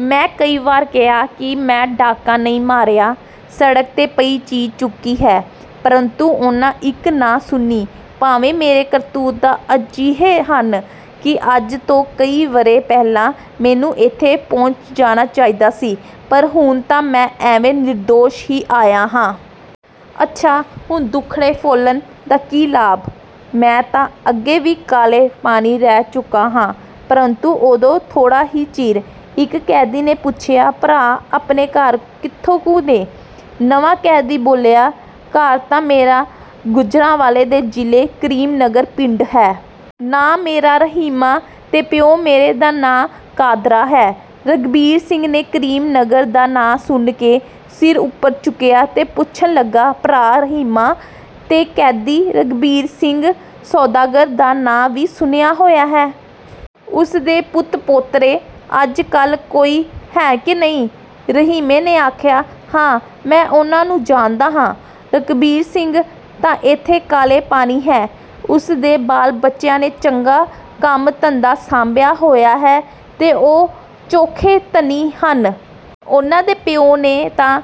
ਮੈਂ ਕਈ ਵਾਰ ਕਿਹਾ ਕਿ ਮੈਂ ਡਾਕਾ ਨਹੀਂ ਮਾਰਿਆ, ਸੜਕ ਤੇ ਪਈ ਚੀਜ਼ ਚੁੱਕੀ ਹੈ, ਪਰੰਤੂ ਉਨ੍ਹਾਂ ਇੱਕ ਨਾ ਸੁਣੀ। ਭਾਵੇਂ ਮੇਰੇ ਕਰਤੂਤ ਤਾਂ ਅਜਿਹੇ ਹਨ ਕਿ ਅੱਜ ਤੋਂ ਕਈ ਵਰ੍ਹੇ ਪਹਿਲਾਂ ਮੈਨੂੰ ਇੱਥੇ ਪਹੁੰਚ ਜਾਣਾ ਚਾਹੀਦਾ ਸੀ, ਪਰ ਹੁਣ ਤਾਂ ਮੈਂ ਐਵੇਂ ਨਿਰਦੋਸ਼ ਹੀ ਆਇਆ ਹਾਂ। ਅੱਛਾ, ਹੁਣ ਦੁੱਖੜੇ ਫੋਲਣ ਦਾ ਕੀ ਲਾਭ? ਮੈਂ ਤਾਂ ਅੱਗੇ ਵੀ ਕਾਲੇ ਪਾਣੀ ਰਹਿ ਚੁੱਕਾ ਹਾਂ, ਪਰੰਤੂ ਉਦੋਂ ਥੋੜਾ ਹੀ ਚਿਰ...। ਇੱਕ ਕੈਦੀ ਨੇ ਪੁੱਛਿਆ, "ਭਰਾ, ਆਪਣੇ ਘਰ ਕਿੱਥੇ ਕੁ ਨੇ?" ਨਵਾਂ ਕੈਦੀ ਬੋਲਿਆ, "ਘਰ ਤਾਂ ਮੇਰਾ ਗੁਜਰਾਂਵਾਲੇ ਦੇ ਜ਼ਿਲ੍ਹੇ ਕਰੀਮ ਨਗਰ ਪਿੰਡ ਹੈ। ਨਾਂ ਮੇਰਾ ਰਹੀਮਾਂ ਤੇ ਪਿਉ ਮੇਰੇ ਦਾ ਨਾਂ ਕਾਦਰਾ ਹੈ।" ਰਘਬੀਰ ਸਿੰਘ ਨੇ ਕਰੀਮ ਨਗਰ ਦਾ ਨਾਂ ਸੁਣ ਕੇ ਸਿਰ ਉੱਪਰ ਚੁੱਕਿਆ ਤੇ ਪੁੱਛਣ ਲੱਗਾ, "ਭਰਾ ਰਹੀਮਾ! ਤੈਂ ਕਦੀ ਰਘਬੀਰ ਸਿੰਘ ਸੌਦਾਗਰ ਦਾ ਨਾਂ ਵੀ ਸੁਣਿਆ ਹੋਇਆ ਹੈ? ਉਸ ਦੇ ਪੁੱਤ-ਪੋਤਰੇ ਅੱਜ ਕੱਲ੍ਹ ਕੋਈ ਹੈਨ ਕਿ ਨਹੀਂ?" ਰਹੀਮੇ ਨੇ ਆਖਿਆ, "ਹਾਂ, ਮੈਂ ਉਨ੍ਹਾਂ ਨੂੰ ਜਾਣਦਾ ਹਾਂ। ਰਘਬੀਰ ਸਿੰਘ ਤਾਂ ਇੱਥੇ ਕਾਲੇ ਪਾਣੀ ਹੈ। ਉਸ ਦੇ ਬਾਲ-ਬੱਚਿਆਂ ਨੇ ਚੰਗਾ ਕੰਮ-ਧੰਧਾ ਸਾਂਭਿਆ ਹੋਇਆ ਹੈ ਤੇ ਉਹ ਚੋਖੇ ਧਨੀ ਹਨ। ਉਨ੍ਹਾਂ ਦੇ ਪਿਉ ਨੇ ਤਾਂ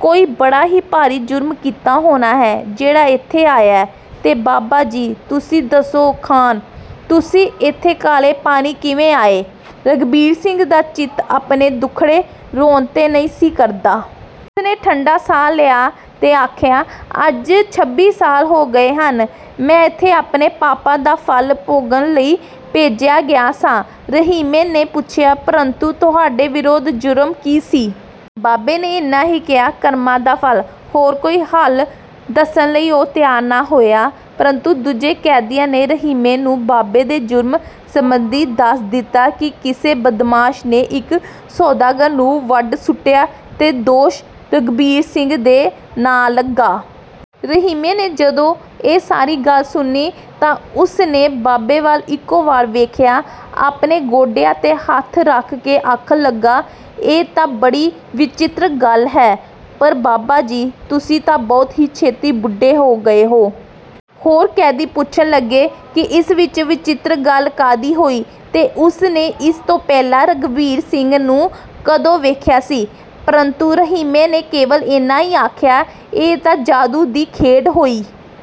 ਕੋਈ ਬੜਾ ਹੀ ਭਾਰੀ ਜੁਰਮ ਕੀਤਾ ਹੋਣਾ ਹੈ, ਜਿਹੜਾ ਇੱਥੇ ਆਇਆ। ਤੇ ਬਾਬਾ ਜੀ! ਤੁਸੀਂ ਦੱਸੋ ਖਾਂ, ਤੁਸੀਂ ਇੱਥੇ ਕਾਲੇ ਪਾਣੀ ਕਿਵੇਂ ਆਏ?" ਰਘਬੀਰ ਸਿੰਘ ਦਾ ਚਿੱਤ ਆਪਣੇ ਦੁੱਖੜੇ ਰੋਣ ਤੇ ਨਹੀਂ ਸੀ ਕਰਦਾ। ਉਸ ਨੇ ਠੰਢਾ ਸਾਹ ਲਿਆ ਤੇ ਆਖਿਆ, "ਅੱਜ ਛੱਬੀ ਸਾਲ ਹੋ ਗਏ ਹਨ। ਮੈਂ ਇੱਥੇ ਆਪਣੇ ਪਾਪਾਂ ਦਾ ਫਲ ਭੋਗਣ ਲਈ ਭੇਜਿਆ ਗਿਆ ਸਾਂ।" ਰਹੀਮੇ ਨੇ ਪੁੱਛਿਆ, "ਪਰੰਤੂ ਤੁਹਾਡੇ ਵਿਰੁੱਧ ਜੁਰਮ ਕੀ ਸੀ?" ਬਾਬੇ ਨੇ ਇੰਨਾ ਹੀ ਕਿਹਾ, "ਕਰਮਾਂ ਦਾ ਫਲ।" ਹੋਰ ਕੋਈ ਹਾਲ ਦੱਸਣ ਲਈ ਉਹ ਤਿਆਰ ਨਾ ਹੋਇਆ। ਪਰੰਤੂ ਦੂਜੇ ਕੈਦੀਆਂ ਨੇ ਰਹੀਮੇ ਨੂੰ ਬਾਬੇ ਦੇ ਜੁਰਮ ਸਬੰਧੀ ਦੱਸ ਦਿੱਤਾ ਕਿ ਕਿਸੇ ਬਦਮਾਸ਼ ਨੇ ਇੱਕ ਸੌਦਾਗਰ ਨੂੰ ਵੱਢ ਸੁੱਟਿਆ ਤੇ ਦੋਸ਼ ਰਘਬੀਰ ਸਿੰਘ ਦੇ ਨਾਂ ਲੱਗਾ। ਰਹੀਮੇ ਨੇ ਜਦੋਂ ਇਹ ਸਾਰੀ ਗੱਲ ਸੁਣੀ ਤਾਂ ਉਸ ਨੇ ਬਾਬੇ ਵੱਲ ਇਕੋ ਵਾਰ ਵੇਖਿਆ। ਆਪਣੇ ਗੋਡਿਆਂ ਤੇ ਹੱਥ ਰੱਖ ਕੇ ਆਖਣ ਲੱਗਾ, "ਇਹ ਤਾਂ ਬੜੀ ਵਿਚਿੱਤਰ ਗੱਲ ਹੈ। ਪਰ ਬਾਬਾ ਜੀ! ਤੁਸੀਂ ਤਾਂ ਬਹੁਤ ਹੀ ਛੇਤੀ ਬੁੱਢੇ ਹੋ ਗਏ ਹੋ?" ਹੋਰ ਕੈਦੀ ਪੁੱਛਣ ਲੱਗੇ ਕਿ ਇਸ ਵਿਚ ਵਿਚਿੱਤਰ ਗੱਲ ਕਾਹਦੀ ਹੋਈ ਤੇ ਉਸ ਨੇ ਇਸ ਤੋਂ ਪਹਿਲਾਂ ਰਘਬੀਰ ਸਿੰਘ ਨੂੰ ਕਦੋਂ ਵੇਖਿਆ ਸੀ, ਪਰੰਤੂ ਰਹੀਮੇ ਨੇ ਕੇਵਲ ਇੰਨਾ ਹੀ ਆਖਿਆ, "ਇਹ ਤਾਂ ਜਾਦੂ ਦੀ ਖੇਡ ਹੋਈ।